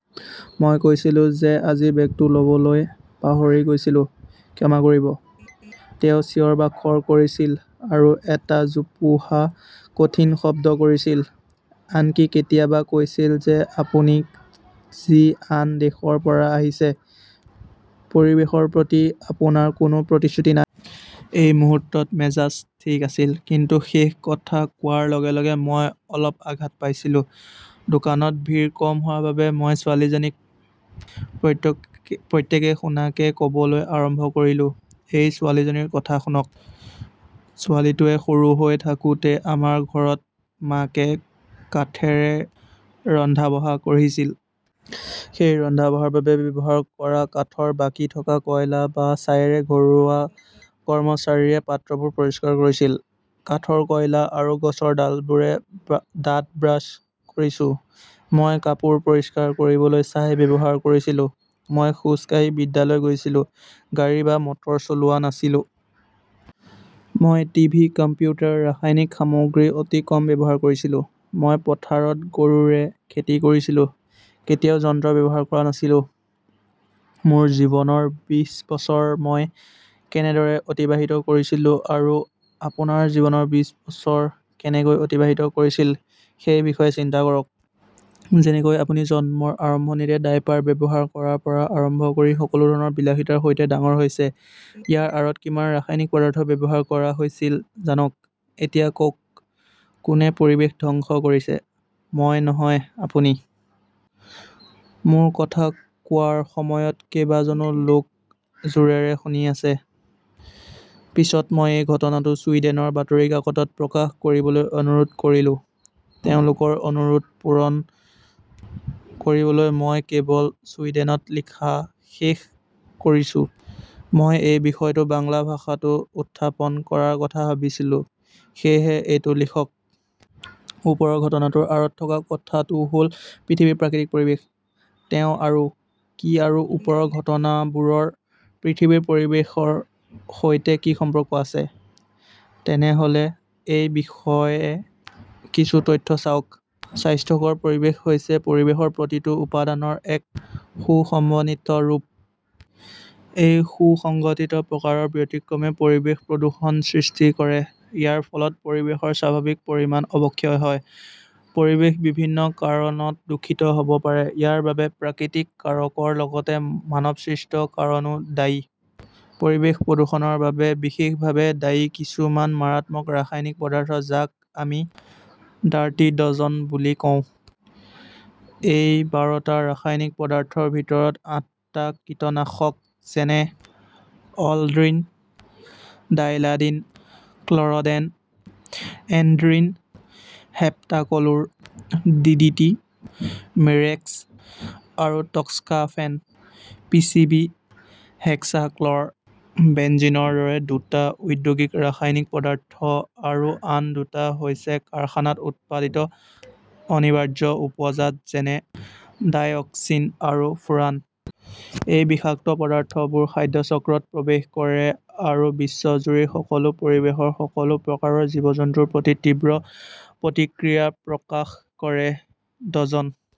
মই কৈছিলো যে মই আজি বেগটো লবলৈ পাহৰি গৈছিলো, ক্ষমা কৰিব। তেওঁ চিঞৰ-বাখৰ কৰিছিল আৰু এটা জোপোহা কঠিন শব্দ কৰিছিল। আনকি কেতিয়াবা কৈছিল যে আপুনি যি আন দেশৰ পৰা আহিছে, পৰিৱেশৰ প্ৰতি আপোনাৰ কোনো প্ৰতিক্ৰিয়া নাই। এই মুহূৰ্তত মেজাজ ঠিক আছিল কিন্তু শেষ কথা কোৱাৰ লগে লগে মই অলপ আঘাত পাইছিলো। দোকানত ভিৰ কম হোৱাৰ বাবে মই ছোৱালীজনীক প্ৰত্যেকেই শুনাকে কবলৈ আৰম্ভ কৰিলো। এই ছোৱালীজনীৰ কথা শুনক, ছোৱালীটোৱে সৰু হৈ থাকোতে আমাৰ ঘৰত মাকে কাঠৰে ৰন্ধা-বঢ়া কৰিছিল। সেই ৰন্ধা-বঢ়াৰ বাবে ব্যৱহাৰ কৰা কাঠৰ বাকী থকা কয়লা বা ছাইৰে ঘৰুৱা কৰ্মচাৰীয়ে পাত্ৰবোৰ পৰিষ্কাৰ কৰিছিল। কাঠৰ কয়লা আৰু গছৰ ডালবোৰেৰে দাঁত ব্ৰাছ কৰিছো। মই কাপোৰ পৰিষ্কাৰ কৰিবলৈ ছাই ব্যৱহাৰ কৰিছিলো। মই খোজ কাঢ়ি বিদ্যালয়লৈ গৈছিলো, গাড়ী বা মটৰ চলোৱা নাছিলো। মই টি.ভি., কম্পিউটাৰ, ৰাসায়নিক সামগ্ৰীৰ অতি কম ব্যৱহাৰ কৰিছিলো। মই পথাৰত গৰুৰে খেতি কৰিছিলো, কেতিয়াও যন্ত্ৰ ব্যৱহাৰ কৰা নাছিলো। মোৰ জীৱনৰ বিশ বছৰ মই কেনেদৰে অতিবাহিত কৰিছিলো আৰু আপোনাৰ জীৱনৰ বিশ বছৰ কেনেকৈ অতিবাহিত কৰিছিল সেই বিষয়ে চিন্তা কৰক। যেনেকৈ আপুনি জন্মৰ আৰম্ভণিতে ডায়েপাৰ ব্যৱহাৰ কৰাৰ পৰা আৰম্ভ কৰি সকলো ধৰণৰ বিলাসিতাৰ সৈতে ডাঙৰ হৈছে। ইয়াৰ আঁৰত কিমান ৰাসায়নিক পদাৰ্থ ব্যৱহাৰ কৰা হৈছিল জানক? এতিয়া কওক কোনে পৰিৱেশ ধ্বংস কৰিছে, মই নহয় আপুনি? মোৰ কথা কোৱাৰ সময়ত কেইবাজনো লোক জোৰেৰে শুনি আছে। পিছত মই এই ঘটনাটো ছুইডেনৰ বাতৰি কাকতত প্ৰকাশ কৰিবলৈ অনুৰোধ কৰিলো। তেওঁলোকৰ অনুৰোধ পূৰণ কৰিবলৈ মই কেৱল ছুইডেনত লিখা শেষ কৰিছো। মই এই বিষয়টো বাংলা ভাষাতো উত্থাপন কৰাৰ কথা ভাবিছিলো, সেয়েহে এইটো লিখক। ওপৰৰ ঘটনাটোৰ আঁৰত থকা কথাটো হ'ল পৃথিৱীৰ প্ৰাকৃতিক পৰিৱেশ। তেওঁ আৰু কি আৰু ওপৰৰ ঘটনাবোৰৰ পৃথিৱীৰ পৰিৱেশৰ সৈতে কি সম্পৰ্ক আছে? তেনেহ'লে এই বিষয়ে কিছু তথ্য চাওক। স্বাস্থ্যকৰ পৰিৱেশ হৈছে পৰিৱেশৰ প্ৰতিটো উপাদানৰ এক সু-সমন্বিত ৰূপ। এই সুসংগঠিত প্ৰকাৰৰ ব্যতিক্ৰমে পৰিৱেশ প্ৰদূষণৰ সৃষ্টি কৰে। ইয়াৰ ফলত পৰিৱেশৰ স্বাভাৱিক পৰিমাণৰ অৱক্ষয় হয়। পৰিৱেশ বিভিন্ন কাৰণত দূষিত হ'ব পাৰে। ইয়াৰ বাবে প্ৰাকৃতিক কাৰকৰ লগতে মানৱসৃষ্ট কাৰণো দায়ী। পৰিৱেশ প্ৰদূষণৰ বাবে বিশেষভাৱে দায়ী কিছুমান মাৰাত্মক ৰাসায়নিক পদাৰ্থ যাক আমি "ডাৰ্টি ডজন" বুলি কওঁ। এই বাৰটা ৰাসায়নিক পদাৰ্থৰ ভিতৰত আঠটা কীটনাশক যেনে aldrin, dieldrin, chlordane, endrin, heptachlor, DDT, mirex, আৰু টক্সাফেন। পিচিবি, হেক্সাক্ল'ৰ বেনজিনৰ দৰে দুটা ঔদ্যোগিক ৰাসায়নিক পদাৰ্থ আৰু আন দুটা হৈছে কাৰখানাত উৎপাদিত অনিবাৰ্য উপজাত যেনে ডাইঅক্সিন আৰু ফুৰান। এই বিষাক্ত পদাৰ্থবোৰে খাদ্য চক্ৰত প্ৰৱেশ কৰে আৰু বিশ্বজুৰি সকলো পৰিৱেশৰ সকলো প্ৰকাৰৰ জীৱ-জন্তুৰ প্ৰতি তীব্ৰ প্ৰতিক্ৰিয়া প্ৰকাশ কৰে। ডজন